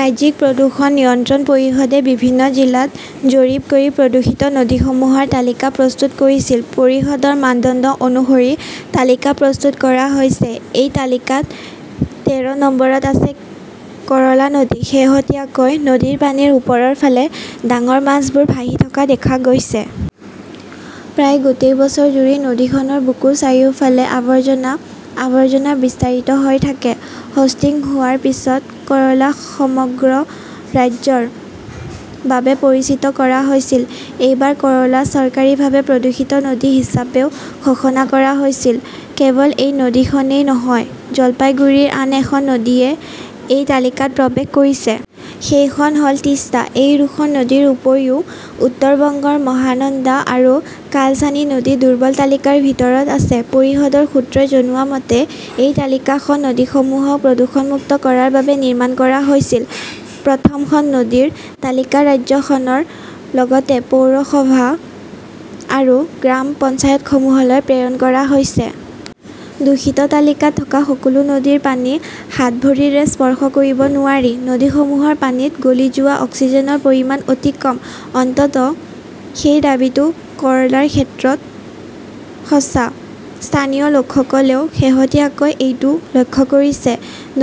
ৰাজ্যিক প্ৰদূষণ নিয়ন্ত্ৰণ পৰিষদে বিভিন্ন জিলাত জৰীপ কৰি প্ৰদূষিত নদীসমূহৰ তালিকা প্ৰস্তুত কৰিছিল। পৰিষদৰ মানদণ্ড অনুসৰি তালিকা প্ৰস্তুত কৰা হৈছে। এই তালিকাত তেৰ নম্বৰত আছে কৰলা নদী। শেহতীয়াকৈ নদীৰ পানীৰ ওপৰৰ ফালে ডাঙৰ মাছবোৰ ভাহি থকা দেখা গৈছে। প্ৰায় গোটেই বছৰজুৰি নদীখনৰ বুকুৰ চাৰিওফালে আবৰ্জনা-আবৰ্জনা বিস্তাৰিত হৈ থাকে। হোষ্টিং হোৱাৰ পিছত কৰলা সমগ্ৰ ৰাজ্যৰ বাবে পৰিচিত কৰা হৈছিল। এইবাৰ কৰলা চৰকাৰীভাৱে প্ৰদূষিত নদী হিচাপেও ঘোষণা কৰা হৈছিল। কেৱল এই নদীখনেই নহয়, জলপাইগুড়িৰ আন এখন নদীয়ে এই তালিকাত প্ৰৱেশ কৰিছে। সেইখন হ'ল তিষ্টা। এই দুখন নদীৰ উপৰিও উত্তৰ বংগৰ মহানন্দা আৰু কালচানি নদী দুৰ্বল তালিকাৰ ভিতৰত আছে। পৰিষদৰ সূত্ৰই জনোৱা মতে, এই তালিকাখন নদীসমূহক প্ৰদূষণমুক্ত কৰাৰ বাবে নিৰ্মাণ কৰা হৈছিল। প্ৰথম খন নদীৰ তালিকা ৰাজ্যখনৰ লগতে পৌৰসভা আৰু গ্ৰাম পঞ্চায়তসমূহলৈ প্ৰেৰণ কৰা হৈছে। দূষিত তালিকাত থকা সকলো নদীৰ পানী হাত-ভৰিৰে স্পৰ্শ কৰিব নোৱাৰি। নদীসমূহৰ পানীত গলি যোৱা অক্সিজেনৰ পৰিমাণ অতি কম। অন্ততঃ সেই দাবীটো কৰ্লাৰ ক্ষেত্ৰত সঁচা, স্থানীয় লোকসকলেও শেহতীয়াকৈ এইটো লক্ষ্য কৰিছে।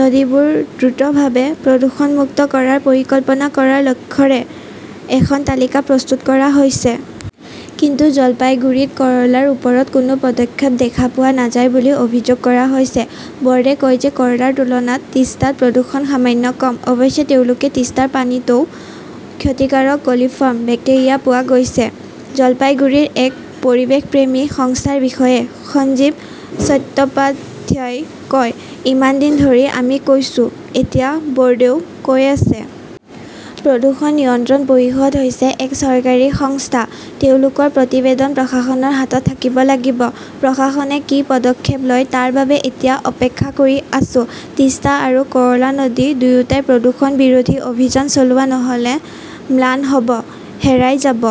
নদীবোৰ দ্ৰুতভাৱে প্ৰদূষণমুক্ত কৰাৰ পৰিকল্পনা কৰাৰ লক্ষ্যৰে এখন তালিকা প্ৰস্তুত কৰা হৈছে। কিন্তু জলপাইগুড়িত কৰলাৰ ওপৰত কোনো পদক্ষেপ দেখা পোৱা নাযায় বুলি অভিযোগ কৰা হৈছে। ব'ৰ্ডে কয় যে কৰ্লাৰ তুলনাত টিষ্টাত প্ৰদূষণ সামান্য কম। অৱশ্যে তেওঁলোকে টিষ্টাৰ পানীতও ক্ষতিকাৰক কলিফৰ্ম বেক্টেৰিয়া পোৱা গৈছে। জলপাইগুড়িৰ এক পৰিৱেশপ্ৰেমী সংস্থাৰ বিষয়া সঞ্জীৱ চট্টোপাধ্যায়ই কয়, 'ইমান দিন ধৰি আমি কৈছো, এতিয়া বোৰ্ডেও কৈ আছে। প্ৰদূষণ নিয়ন্ত্ৰণ পৰিষদ হৈছে এক চৰকাৰী সংস্থা। তেওঁলোকৰ প্ৰতিবেদন প্ৰশাসনৰ হাতত থাকিব লাগিব। প্ৰশাসনে কি পদক্ষেপ লয় তাৰ বাবে এতিয়া অপেক্ষা কৰি আছো। টিষ্টা আৰু কৰলা নদী দুয়োটাই প্ৰদূষণ বিৰোধী অভিযান চলোৱা নহ'লে ম্লান হ'ব, হেৰাই যাব।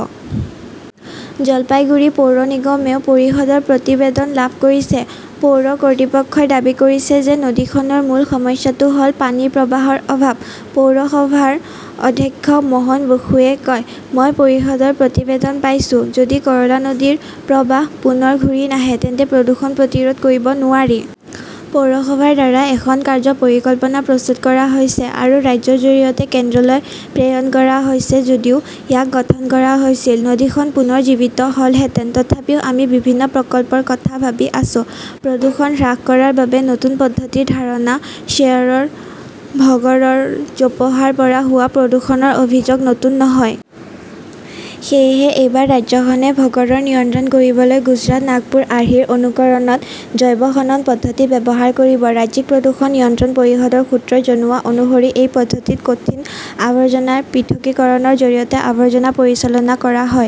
'জলপাইগুৰি পৌৰ নিগমেও পৰিষদৰ প্ৰতিবেদন লাভ কৰিছে। পৌৰ কৰ্তৃপক্ষই দাবী কৰিছে যে নদীখনৰ মূল সমস্যাটো হ'ল পানীৰ প্ৰৱাহৰ অভাৱ। পৌৰসভাৰ অধ্যক্ষ মোহন বসুৱে কয়, 'মই পৰিষদৰ প্ৰতিবেদন পাইছো'। যদি কৰলা নদীৰ প্ৰবাহ পুনৰ ঘূৰি নাহে তেন্তে প্ৰদূষণ প্ৰতিৰোধ কৰিব নোৱাৰি। পৌৰসভাৰ দ্বাৰা এখন কাৰ্য্য পৰিকল্পনা প্ৰস্তুত কৰা হৈছে আৰু ৰাজ্যৰ জৰিয়তে কেন্দ্ৰলৈ প্ৰেৰণ কৰা হৈছে। যদিও ইয়াক গঠন কৰা হৈছিল, নদীখন পুনৰ জীৱিত হ'লহেঁতেন। তথাপিও আমি বিভিন্ন প্ৰকল্পৰ কথা ভাবি আছো। প্ৰদূষণ হ্ৰাস কৰাৰ বাবে নতুন পদ্ধতিৰ ধাৰণা শ্বেয়াৰৰ ভগড়ৰ জোপোহাৰ পৰা হোৱা প্ৰদূষণৰ অভিযোগ নতুন নহয়। সেয়েহে এইবাৰ ৰাজ্যখনে ভগড়ৰ নিয়ন্ত্ৰণ কৰিবলৈ গুজৰাট-নাগপুৰ আৰ্হিৰ অনুকৰণত 'জৈৱ-খনন 'পদ্ধতি ব্যৱহাৰ কৰিব। ৰাজ্যিক প্ৰদূষণ নিয়ন্ত্ৰণ পৰিষদৰ সূত্ৰই জনোৱা অনুসৰি এই পদ্ধতিত কঠিন আৱৰ্জনাৰ পৃথকীকৰণৰ জৰিয়তে আৱৰ্জনা পৰিচালনা কৰা হয়।